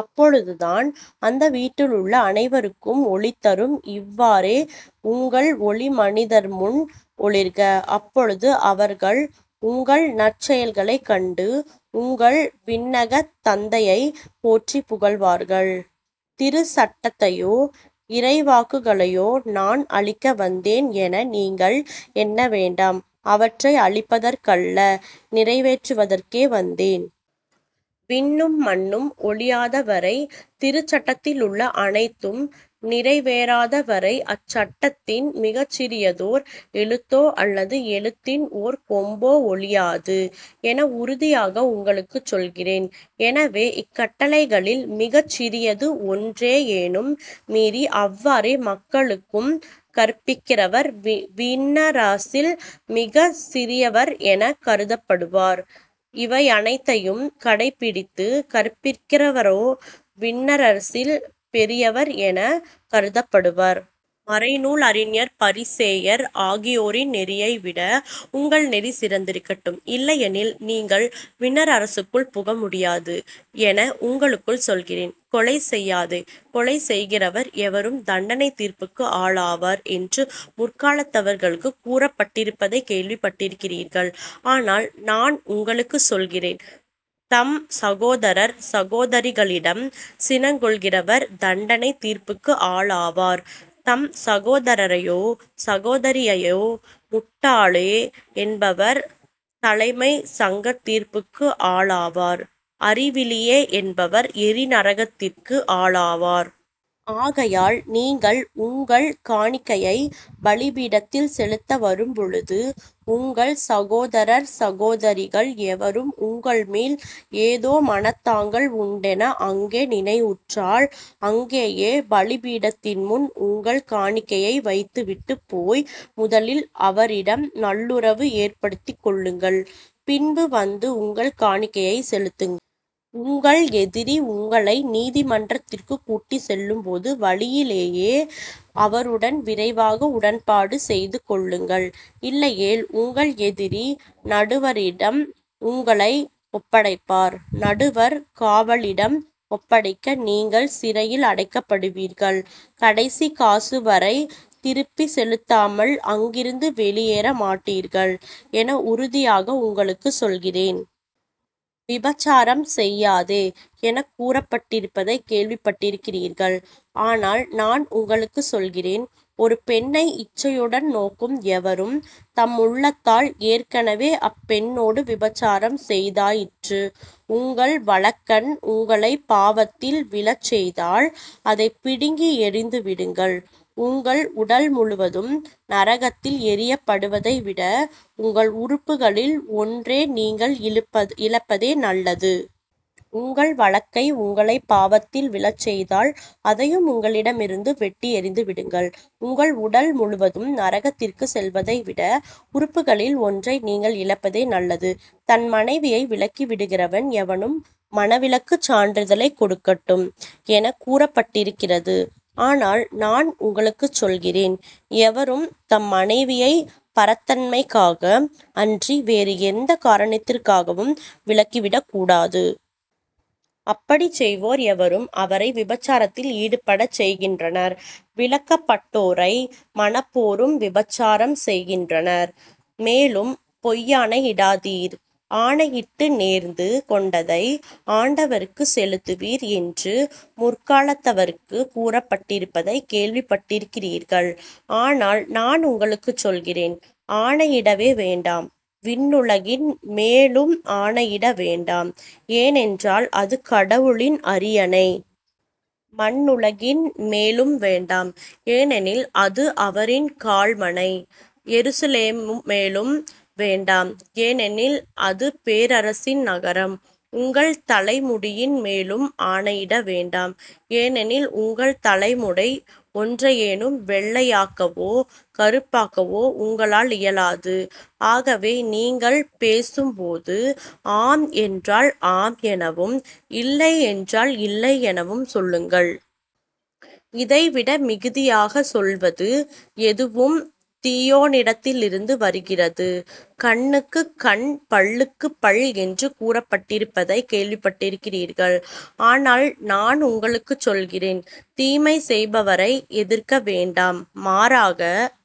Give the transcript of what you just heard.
அப்பொழுதுதான் அது வீட்டிலுள்ள அனைவருக்கும் ஒளி தரும். இவ்வாறே உங்கள் ஒளி மனிதர்முன் ஒளிர்க. அப்பொழுது அவர்கள் உங்கள் நற்செயல்களைக் கண்டு உங்கள் விண்ணகத் தந்தையைப் போற்றிப் புகழ்வார்கள். திருச்சட்டத்தையோ இறைவாக்குகளையோ நான் அழிக்க வந்தேன் என நீங்கள் எண்ண வேண்டாம் அவற்றை அழிப்பதற்கல்ல, நிறைவேற்றுவதற்கே வந்தேன். விண்ணும் மண்ணும் ஒழியாதவரை, திருச்சட்டத்திலுள்ள அனைத்தும் நிறைவேறாதவரை அச்சட்டத்தின் மிகச்சிறியதோர் எழுத்தோ அல்லது எழுத்தின் ஒரு கொம்போ ஒழியாது என உறுதியாக உங்களுக்குச் சொல்கிறேன். எனவே, இக்கட்டளைகளில் மிகச் சிறியது ஒன்றையேனும் மீறி அவ்வாறே மக்களுக்கும் கற்பிக்கிறவர் விண்ணரசில் மிகச் சிறியவர் எனக் கருதப்படுவார். இவையனைத்தையும் கடைப்பிடித்துக் கற்பிக்கிறவரோ விண்ணரசில் பெரியவர் எனக் கருதப்படுவார். மறைநூல் அறிஞர் பரிசேயர் ஆகியோரின் நெறியைவிட உங்கள் நெறி சிறந்திருக்கட்டும். இல்லையெனில். நீங்கள் விண்ணரசுக்குள் புக முடியாது என உங்களுக்குச் சொல்கிறேன். கொலை செய்யாதே கொலை செய்கிறவர் எவரும் தண்டனைத் தீர்ப்புக்கு ஆளாவர் என்று முற்காலத்தவர்க்குக் கூறப்பட்டிருப்பதைக் கேள்விப் பட்டிருக்கிறீர்கள். ஆனால் நான் உங்களுக்குச் சொல்கிறேன் தம் சகோதரர் சகோதரிகளிடம் சினங்கொள்கிறவர் தண்டனைத் தீர்ப்புக்கு ஆளாவார் தம் சகோதரரையோ சகோதரியையோ முட்டாளே என்பவர் தலைமைச் சங்கத் தீர்ப்புக்கு ஆளாவார் அறிவிலியே என்பவர் எரிநரகத்துக்கு ஆளாவார். ஆகையால் நீங்கள் உங்கள் காணிக்கையைப் பலிபீடத்தில் செலுத்த வரும்பொழுது உங்கள் சகோதரர் சகோதரிகள் எவருக்கும் உங்கள் மேல் ஏதோ மனத்தாங்கல் உண்டென அங்கே நினைவுற்றால், அங்கேயே பலிபீடத்தின்முன் உங்கள் காணிக்கையை வைத்து விட்டுப் போய் முதலில் அவரிடம் நல்லுறவு ஏற்படுத்திக் கொள்ளுங்கள். பின்பு வந்து உங்கள் காணிக்கையைச் செலுத்துங்கள். உங்கள் எதிரி உங்களை நீதிமன்றத்துக்குக் கூட்டிச் செல்லும் போது வழியிலேயே அவருடன் விரைவாக உடன்பாடு செய்துகொள்ளுங்கள். இல்லையேல் உங்கள் எதிரி நடுவரிடம் உங்களை ஒப்படைப்பார். நடுவர் காவலிடம் ஒப்படைக்க நீங்கள் சிறையில் அடைக்கப்படுவீர்கள். கடைசிக் காசு வரை திருப்பிச் செலுத்தாமல் அங்கிருந்து வெளியேற மாட்டீர்கள் என உறுதியாக உங்களுக்கு சொல்கிறேன். விபசாரம் செய்யாதே எனக் கூறப்பட்டிருப்பதைக் கேள்விப்பட்டிருக்கிறீர்கள். ஆனால், நான் உங்களுக்குச் சொல்கிறேன் ஒரு பெண்ணை இச்சையுடன் நோக்கும் எவரும் தம் உள்ளத்தால் ஏற்கெனவே அப்பெண்ணோடு விபசாரம் செய்தாயிற்று. உங்கள் வலக்கண் உங்களைப் பாவத்தில் விழச்செய்தால் அதைப் பிடுங்கி எறிந்து விடுங்கள். உங்கள் உடல் முழுவதும் நரகத்தில் எறியப்படுவதைவிட உங்கள் உறுப்புகளில் ஒன்றை நீங்கள் இழப்பதே நல்லது. உங்கள் வலக்கை உங்களைப் பாவத்தில் விழச் செய்தால் அதையும் உங்களிடமிருந்து வெட்டி எறிந்து விடுங்கள். உங்கள் உடல் முழுவதும் நரகத்திற்குச் செல்வதைவிட உங்கள் உறுப்புகளில் ஒன்றை நீங்கள் இழப்பதே நல்லது. தன் மனைவியை விலக்கி விடுகிறவன் எவனும் மணவிலக்குச் சான்றிதழைக் கொடுக்கட்டும் எனக் கூறப்பட்டிருக்கிறது. ஆனால் நான் உங்களுக்குச் சொல்கிறேன் எவரும் தம் மனைவியைப் பரத்தைமைக்காக அன்றி வேறு எந்தக் காரணத்திற்காகவும் விலக்கிவிடக் கூடாது. அப்படிச் செய்வோர் எவரும் அவரை விபசாரத்தில் ஈடுபடச் செய்கின்றனர். விலக்கப்பட்டோரை மணப்போரும் விபசாரம் செய்கின்றனர். மேலும் பொய்யாணை இடாதீர். ஆணையிட்டு நேர்ந்து கொண்டதை ஆண்டவருக்குச் செலுத்துவீர் என்று முற்காலத்தவர்க்குக் கூறப்பட்டிருப்பதைக் கேள்விப்பட்டிருக்கிறீர்கள். ஆனால் நான் உங்களுக்குச் சொல்கிறேன் ஆணையிடவே வேண்டாம். விண்ணுலகின் மேலும் ஆணையிட வேண்டாம் ஏனென்றால் அது கடவுளின் அரியணை. மண்ணுலகின் மேலும் வேண்டாம் ஏனெனில் அது அவரின் கால்மணை. எருசலேம் மேலும் வேண்டாம் ஏனெனில் அது பேரரசின் நகரம். உங்கள் தலைமுடியின் மேலும் ஆணையிட வேண்டாம் ஏனெனில் உங்கள் தலைமுடி ஒன்றையேனும் வெள்ளையாக்கவோ கறுப்பாக்கவோ உங்களால் இயலாது ஆகவே நீங்கள் பேசும்போது ஆம் என்றால் ஆம் எனவும் இல்லை என்றால் இல்லை எனவும் சொல்லுங்கள். இதைவிட மிகுதியாகச் சொல்வது எதுவும் தீயோனிடத்திலிருந்து வருகிறது. கண்ணுக்குக் கண் பல்லுக்குப் பல் என்று கூறப்பட்டிருப்பதைக் கேள்விப்பட்டிருக்கிறீர்கள். ஆனால் நான் உங்களுக்குச் சொல்கிறேன் தீமை செய்பவரை எதிர்க்க வேண்டாம். மாறாக